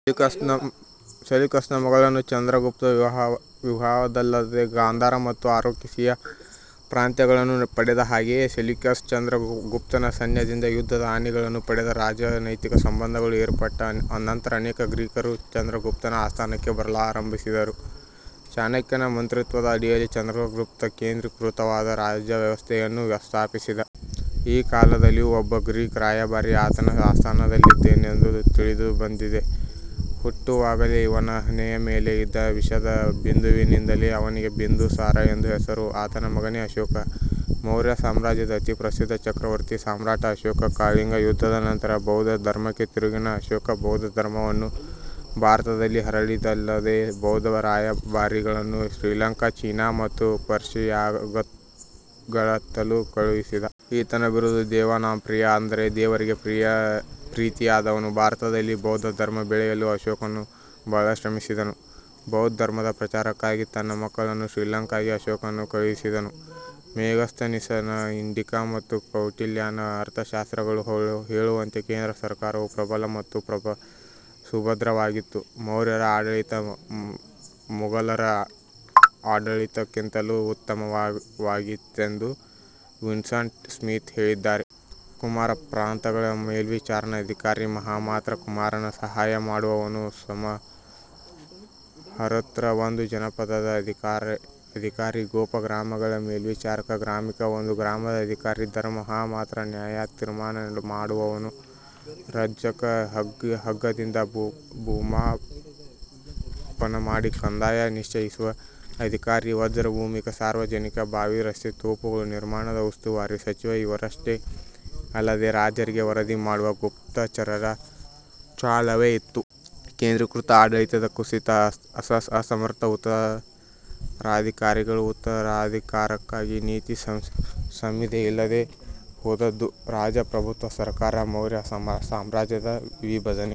Seleucus ನ ಮಗಳನ್ನು ಚಂದ್ರಗುಪ್ತ ವಿವಾಹವಾದದ್ದಲ್ಲದೆ, ಗಾಂಧಾರ ಮತ್ತು ಅರಕೋಸಿಯಾ ಪ್ರಾಂತ್ಯಗಳನ್ನು ಪಡೆದ. ಹಾಗೆಯೇ ಸೆಲ್ಯೂಕಸ್ ಚಂದ್ರಗುಪ್ತನ ಸೈನ್ಯದಿಂದ ಯುದ್ಧದ ಆನೆ ಗಳನ್ನು ಪಡೆದ. ರಾಜನೈತಿಕ ಸಂಬಂಧಗಳು ಏರ್ಪಟ್ಟ ನಂತರ ಅನೇಕ ಗ್ರೀಕರು ಚಂದ್ರಗುಪ್ತನ ಆಸ್ಥಾನಕ್ಕೆ ಬರಲಾರಂಭಿಸಿದರು. ಚಾಣಕ್ಯನ ಮಂತ್ರಿತ್ವದ ಅಡಿಯಲ್ಲಿ ಚಂದ್ರಗುಪ್ತ ಕೇಂದ್ರೀಕೃತವಾದ ರಾಜ್ಯವ್ಯವಸ್ಥೆಯನ್ನು ಸ್ಥಾಪಿಸಿದ. ಈ ಕಾಲದಲ್ಲಿಯೂ ಒಬ್ಬ ಗ್ರೀಕ್ ರಾಯಭಾರಿ ಆತನ ಆಸ್ಥಾನದಲ್ಲಿದ್ದನೆಂದು ತಿಳಿದುಬಂದಿದೆ. ಹುಟ್ಟುವಾಗಲೆ ಇವನ ಹಣೆಯ ಮೆಲೆ ಇದ್ದ ವಿಷದ ಬಿಂದುವಿನಿಂದಲೆ ಅವನಿಗೆ ಬಿಂದುಸಾರ ಎಂದು ಹೆಸರು, ಆತನ ಮಗನೇ ಅಶೋಕ. ಮೌರ್ಯ ಸಾಮ್ರಾಜ್ಯದ ಅತಿ ಪ್ರಸಿದ್ಧ ಚಕ್ರವರ್ತಿ ಸಾಮ್ರಾಟ್ ಅಶೋಕ. ಕಳಿಂಗ ಯುದ್ಧದ ನಂತರ ಬೌದ್ಧ ಧರ್ಮಕ್ಕೆ ತಿರುಗಿದ ಅಶೋಕ ಬೌದ್ಧ ಧರ್ಮವನ್ನು ಭಾರತದಲ್ಲಿ ಹರಡಿದ್ದಲ್ಲದೆ, ಬೌದ್ಧ ರಾಯಭಾರಿಗಳನ್ನು ಶ್ರೀಲಂಕಾ, ಚೀನಾ ಮತ್ತು ಪರ್ಶಿಯಾಗಳತ್ತಲೂ ಕಳುಹಿಸಿದ. ಈತನ ಬಿರುದು"ದೇವಾಂನಾಂಪ್ರಿಯ" ಅಂದರೆ ದೇವರಿಗೆ ಪ್ರೀತಿಯಾದವನು. ಭಾರತದಲ್ಲಿ ಬೌದ್ಧ ಧರ್ಮ ಬೆಳೆಯಲು ಅಶೋಕನು ಬಹಳ ಶ್ರಮಿಸಿದನು. ಬೌದ್ದ ಧರ್ಮದ ಪ್ರಚಾರಕ್ಕಾಗಿ ತನ್ನ ಮಕ್ಕಳನ್ನು ಶ್ರೀಲಂಕಾಗೆ ಅಶೋಕನು ಕಳುಹಿಸಿದನು. ಮೆಗಸ್ತನೀಸ್-ನ "ಇಂಡಿಕಾ" ಮತ್ತು "ಕೌಟಿಲ್ಯನ ಅರ್ಥಶಾಸ್ತ್ರ"ಗಳು ಹೇಳುವಂತೆ, ಕೇಂದ್ರ ಸರಕಾರವು ಪ್ರಬಲ ಮತ್ತು ಸುಭದ್ರವಾಗಿತ್ತು. ಮೌರ್ಯರ ಆಡಳಿತ, ಮುಘಲರ ಆಡಳಿತಕ್ಕಿಂತಲೂ ಉತ್ತಮವಾಗಿತ್ತೆಂದು ವಿನ್ಸ್ಂಟ್ ಸ್ಮಿಥ್ ಹೇಳಿದ್ದಾರೆ. ಕುಮಾರ: ಪ್ರಾಂತಗಳ ಮೇಲ್ವಿಚಾರಣ ಅಧಿಕಾರಿ ಮಹಾಮಾತ್ರ: ಕುಮಾರನ ಸಹಾಯ ಮಾಡುವವನು ಸಮಹರತೃ: ಒಂದು ಜನಪದದ ಅಧಿಕಾರಿ ಗೋಪ: ಗ್ರಾಮಗಳ ಮೇಲ್ವಿಚಾರಕ ಗ್ರಾಮಿಕ: ಒಂದು ಗ್ರಾಮದ ಅಧಿಕಾರಿ ಧರ್ಮ ಮಹಾಮಾತ್ರ: ನ್ಯಾಯತೀರ್ಮಾನ ಮಾಡುವವನು ರಜ್ಜುಕ: ಹಗ್ಗದಿಂದ ಭೂಮಾಪನ ಮಾಡಿ ಕಂದಾಯ ನಿಶ್ಚಯಿಸುವ ಅಧಿಕಾರಿ ವಜ್ರಭೂಮಿಕ: ಸಾರ್ವಜನಿಕ ಬಾವಿ, ರಸ್ತೆ, ತೋಪುಗಳ ನಿರ್ಮಾಣದ ಉಸ್ತುವಾರಿ ಸಚಿವ ಇವರಷ್ಟೇ ಅಲ್ಲದೇ, ರಾಜರಿಗೆ ವರದಿ ಮಾಡುವ ಗುಪ್ತಚರರ ಜಾಲವೇ ಇತ್ತು.. ಕೇಂದ್ರೀಕೃತ ಆಡಳಿತದ ಕುಸಿತ. ಅಸಮರ್ಥ ಉತ್ತರಾಧಿಕಾರಿಗಳು. ಉತ್ತರಾಧಿಕಾರಕ್ಕಾಗಿ ನೀತಿ ಸಂಹಿತೆ ಇಲ್ಲದೆ ಹೋದದ್ದು. ರಾಜ ಪ್ರಭುತ್ವ ಸರ್ಕಾರ. ಮೌರ್ಯ ಸಾಮ್ರಾಜ್ಯದ ವಿಭಜನೆ।